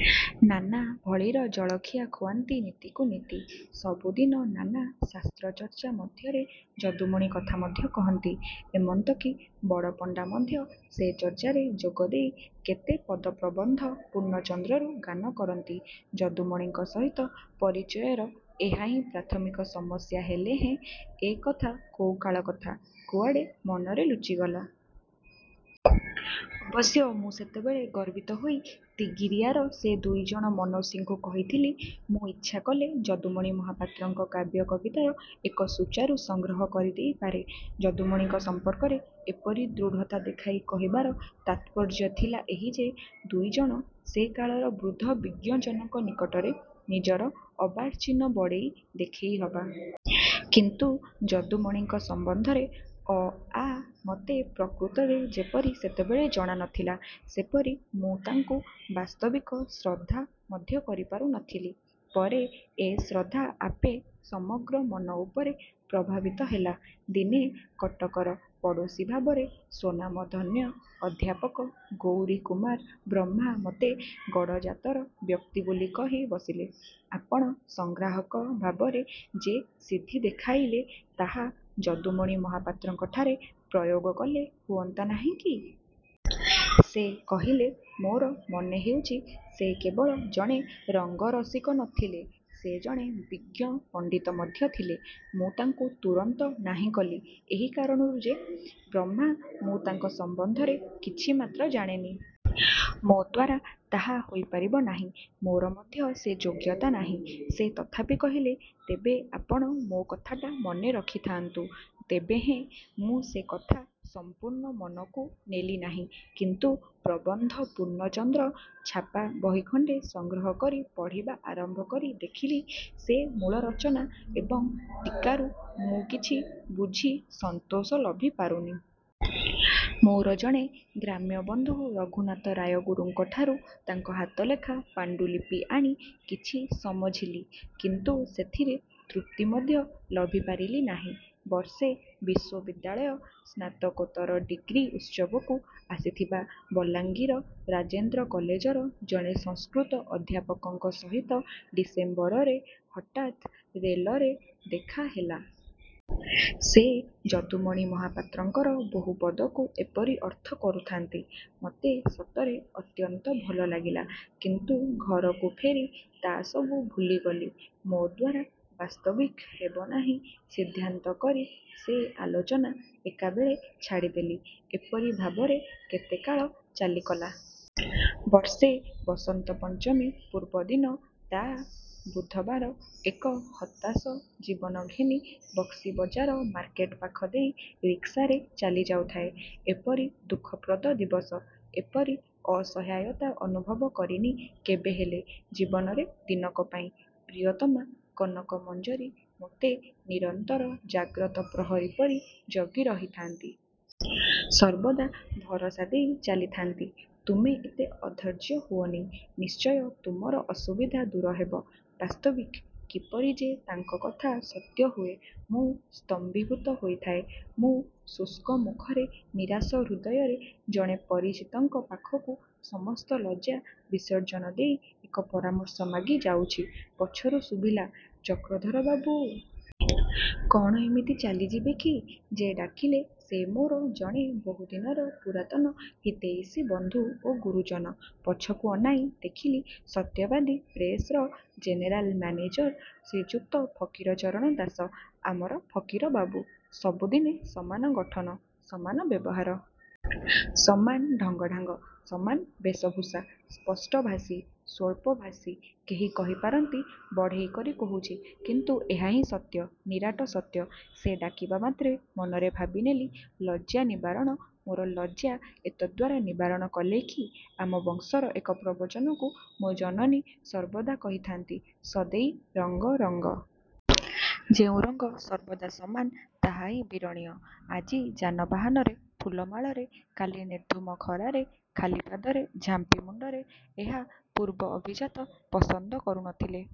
' ନାନା ଭଳିର ଜଳଖିଆ ଖୁଆନ୍ତି ନିତିକୁ ନିତି। ସବୁଦିନ ନାନା ଶାସ୍ତ୍ରଚର୍ଚ୍ଚା ମଧ୍ୟରେ ଯଦୁମଣି କଥା ମଧ୍ୟ କହନ୍ତି। ଏମନ୍ତ କି ବଡ଼ପଣ୍ଡା ମଧ୍ୟ ସେ ଚର୍ଚ୍ଚାରେ ଯୋଗଦେଇ କେତେ ପଦ ପ୍ରବନ୍ଧ ପୂର୍ଣ୍ଣଚନ୍ଦ୍ରରୁ ଗାନ କରନ୍ତି। ଯଦୁମଣିଙ୍କ ସହିତ ପରିଚୟର ଏହା ହିଁ ପ୍ରାଥମିକ ସମସ୍ୟା ହେଲେହେଁ- ଏ କଥା କୋଉ କାଳ କଥା, କୁଆଡ଼େ ମନରେ ଲୁଚିଗଲା। ଅବଶ୍ୟ ମୁଁ ସେତେବେଳେ ଗର୍ବିତ ହୋଇ ତିଗିରିଆର ସେ ଦୁଇ ଜଣ ମନସ୍ୱୀଙ୍କୁ କହିଥିଲି-ମୁଁ ଇଚ୍ଛାକଲେ ଯଦୁମଣି ମହାପାତ୍ରଙ୍କ କାବ୍ୟ କବିତାର ଏକ ସୁଚାରୁ ସଂଗ୍ରହ କରି ଦେଇପାରେ। ଯଦୁମଣିଙ୍କ ସଂପର୍କରେ ଏପରି ଦୃଢ଼ତା ଦେଖାଇ କହିବାର ତାତ୍ପର୍ଯ୍ୟ ଥିଲା ଏହି ଯେ-ଦୁଇ ଜଣ ସେ କାଳର ବୃଦ୍ଧ ବିଜ୍ଞଜନଙ୍କ ନିକଟରେ ନିଜର ଅର୍ବାଚୀନ ବଡ଼େଇ ଦେଖେଇହେବା। କିନ୍ତୁ ଯଦୁମଣିଙ୍କ ସମ୍ବନ୍ଧରେ ଅ' ଆ' ମୋତେ ପ୍ରକୃତରେ ଯେପରି ସେତେବେଳେ ଜଣା ନ ଥିଲା, ସେପରି ମୁଁ ତାଙ୍କୁ ବାସ୍ତବିକ ଶ୍ରଦ୍ଧା ମଧ୍ୟ କରିପାରୁ ନ ଥିଲି। ପରେ ଏ ଶ୍ରଦ୍ଧା ଆପେ ସମଗ୍ର ମନ ଉପରେ ପ୍ରଭାବିତ ହେଲା। ଦିନେ କଟକର ପଡ଼ୋଶୀ ଭାବରେ ସ୍ୱନାମଧନ୍ୟ ଅଧ୍ୟାପକ ଗୌରୀକୁମାର ବ୍ରହ୍ମା ମତେ ଗଡ଼ଜାତର ବ୍ୟକ୍ତି ବୋଲି କହି ବସିଲେ-'ଆପଣ ସଂଗ୍ରାହକ ଭାବରେ ଯେ ସିଦ୍ଧି ଦେଖାଇଲେ, ତାହା ଯଦୁମଣି ମହାପାତ୍ରଙ୍କଠାରେ ପ୍ରୟୋଗ କଲେ ହୁଅନ୍ତା ନାହିଁ କି? ' ସେ କହିଲେ-'ମୋର ମନେ ହେଉଛି ସେ କେବଳ ଜଣେ ରଙ୍ଗରସିକ ନ ଥିଲେ, ସେ ଜଣେ ବିଜ୍ଞ ପଣ୍ଡିତ ମଧ୍ୟ ଥିଲେ। ' ମୁଁ ତାଙ୍କୁ ତୁରନ୍ତ ନାହିଁ କଲି ଏହି କାରଣରୁ ଯେ- 'ବ୍ରହ୍ମା, ମୁଁ ତାଙ୍କ ସମ୍ବନ୍ଧରେ କିଛି ମାତ୍ର ଜାଣେନି। ମୋଦ୍ୱାରା ତାହା ହୋଇପାରିବ ନାହିଁ। ମୋର ମଧ୍ୟ ସେ ଯୋଗ୍ୟତା ନାହିଁ। ' ସେ ତଥାପି କହିଲେ-'ତେବେ ଆପଣ ମୋ କଥାଟା ମନେ ରଖିଥାନ୍ତୁ। ' ତେବେହେଁ ମୁଁ ସେ କଥା ସଂପୂର୍ଣ୍ଣ ମନକୁ ନେଲି ନାହିଁ। କିନ୍ତୁ ''ପ୍ରବନ୍ଧ ପୂର୍ଣ୍ଣଚନ୍ଦ୍ର" ଛାପା ବହି ଖଣ୍ଡେ ସଂଗ୍ରହ କରି ପଢ଼ିବା ଆରମ୍ଭ କରି ଦେଖିଲି ସେ ମୂଳ ରଚନା ଏବଂ ଟୀକାରୁ ମୁଁ କିଛି ବୁଝି ସନ୍ତୋଷ ଲଭି ପାରୁନି। ମୋର ଜଣେ ଗ୍ରାମ୍ୟ ବନ୍ଧୁ ରଘୁନାଥ ରାୟଗୁରୁଙ୍କଠାରୁ ତାଙ୍କ ହାତଲେଖା ପାଣ୍ଡୁଲିପି ଆଣି କିଛି ସମଝିଲି, କିନ୍ତୁ ସେଥିରେ ତୃପ୍ତି ମଧ୍ୟ ଲଭିପାରିଲି ନାହିଁ। ବର୍ଷେ ବିଶ୍ୱବିଦ୍ୟାଳୟ ସ୍ନାତକୋତ୍ତର ଡ଼ିଗ୍ରୀ ଉତ୍ସବକୁ ଆସିଥିବା ବଲାଙ୍ଗିର ରାଜେନ୍ଦ୍ର କଲେଜର ଜଣେ ସଂସ୍କୃତ ଅଧ୍ୟାପକଙ୍କ ସହିତ ଡିସେମ୍ବର ରେ ହଠାତ୍ ରେଲରେ ଦେଖାହେଲା। ସେ ଯଦୁମଣି ମହାପାତ୍ରଙ୍କର ବହୁ ପଦକୁ ଏପରି ଅର୍ଥ କରୁଥାନ୍ତି, ମତେ ସତରେ ଅତ୍ୟନ୍ତ ଭଲ ଲାଗିଲା-। କିନ୍ତୁ ଘରକୁ ଫେରି ତା' ସବୁ ଭୁଲିଗଲି। ମୋଦ୍ୱାରା ବାସ୍ତବିକ୍ ହେବ ନାହିଁ ସିଦ୍ଧାନ୍ତ କରି ସେ ଆଲୋଚନା ଏକାବେଳେ ଛାଡିଦେଲି। ଏପରି ଭାବରେ କେତେକାଳ ଚାଲିକଲା। ବର୍ଷେ ବସନ୍ତ ପଞ୍ଚମୀ ପୂର୍ବଦିନ ତା −− ବୁଧବାର ଏକ ହତାଶ ଜୀବନ ଘେନି ବକ୍ସିବଜାର ମାର୍କେଟ ପାଖ ଦେଇ ରିକ୍ସାରେ ଚାଲିଯାଉଥାଏ। ଏପରି ଦୁଃଖପ୍ରଦ ଦିବସ, ଏପରି ଅସହାୟତା ଅନୁଭବ କରିନି କେବେହେଲେ ଜୀବନରେ ଦିନକ ପାଇଁ। ପ୍ରିୟତମା କନକ ମଞ୍ଜରୀ ମୋତେ ନିରନ୍ତର ଜାଗ୍ରତ ପ୍ରହରୀ ପରି ଜଗି ରହିଥାନ୍ତି। ସର୍ବଦା ଭରସା ଦେଇ ଚାଲିଥାନ୍ତି-'ତୁମେ ଏତେ ଅଧୈର୍ଯ୍ୟ ହୁଅନି, ନିଶ୍ଚୟ ତୁମର ଅସୁବିଧା ଦୂର ହେବ। ' ବାସ୍ତବିକ କିପରି ଯେ ତାଙ୍କ କଥା ସତ୍ୟ ହୁଏ, ମୁଁ ସ୍ତମ୍ଭୀଭୁତ ହୋଇଥାଏ। ମୁଁ ଶୁଷ୍କ ମୁଖରେ ନିରାଶ ହୃଦୟରେ ଜଣେ ପରିଚିତଙ୍କ ପାଖକୁ ସମସ୍ତ ଲଜ୍ଜା ବିସର୍ଜନ ଦେଇ ଏକ ପରାମର୍ଶ ମାଗି ଯାଉଛି, ପଛରୁ ଶୁଭିଲା- 'ଚକ୍ରଧର ବାବୁ। କ'ଣ ଏମିତି ଚାଲିଯିବେ କି? ' -ଯେ ଡାକିଲେ ସେ ମୋର ଜଣେ ବହୁଦିନର ପୁରାତନ ହିତୈଷୀ ବନ୍ଧୁ ଓ ଗୁରୁଜନ। ପଛକୁ ଅନାଇଁ ଦେଖିଲି ସତ୍ୟବାଦୀ ପ୍ରେସର ଜେନେରାଲ ମ୍ୟାନେଜର ଶ୍ରୀଯୁକ୍ତ ଫକୀରଚରଣ ଦାସ। ଆମର ଫକୀର ବାବୁ। ସବୁଦିନେ ସମାନ ଗଠନ। ସମାନ ବ୍ୟବହାର। ସମାନ ଢଙ୍ଗଢ଼ାଙ୍ଗ। ସମାନ ବେଶଭୂଷା। ସ୍ପଷ୍ଟଭାଷୀ। ସ୍ୱଳ୍ପଭାଷୀ। କେହି କହିପାରନ୍ତି ବଢ଼େଇ କରି କହୁଛି। କିନ୍ତୁ ଏହା ହିଁ ସତ୍ୟ-ନିରାଟ ସତ୍ୟ। ସେ ଡାକିବା ମାତ୍ରେ ମନରେ ଭାବିନେଲି 'ଲଜ୍ଜା−ନିବାରଣ' ମୋର ଲଜ୍ଜା ଏତଦ୍ଦ୍ୱାରା ନିବାରଣ କଲେ କି-? ଆମ ବଂଶର ଏକ ପ୍ରବଚନକୁ ମୋ ଜନନୀ ସର୍ବଦା କହିଥାନ୍ତି-'ସଦୈ ରଙ୍ଗ ରଙ୍ଗ। ' ଯେଉଁ ରଙ୍ଗ ସର୍ବଦା ସମାନ ତାହା ହିଁ ବିରଣୀୟ। ଆଜି ଯାନବାହନରେ ଫୁଲମାଳରେ, କାଲି ନିର୍ଧୂମ ଖରାରେ ଖାଲି ପାଦରେ ଝାମ୍ପି ମୁଣ୍ଡରେ, ଏହା ପୂର୍ବ ଅଭିଜାତ ପସନ୍ଦ କରୁ ନ ଥିଲେ।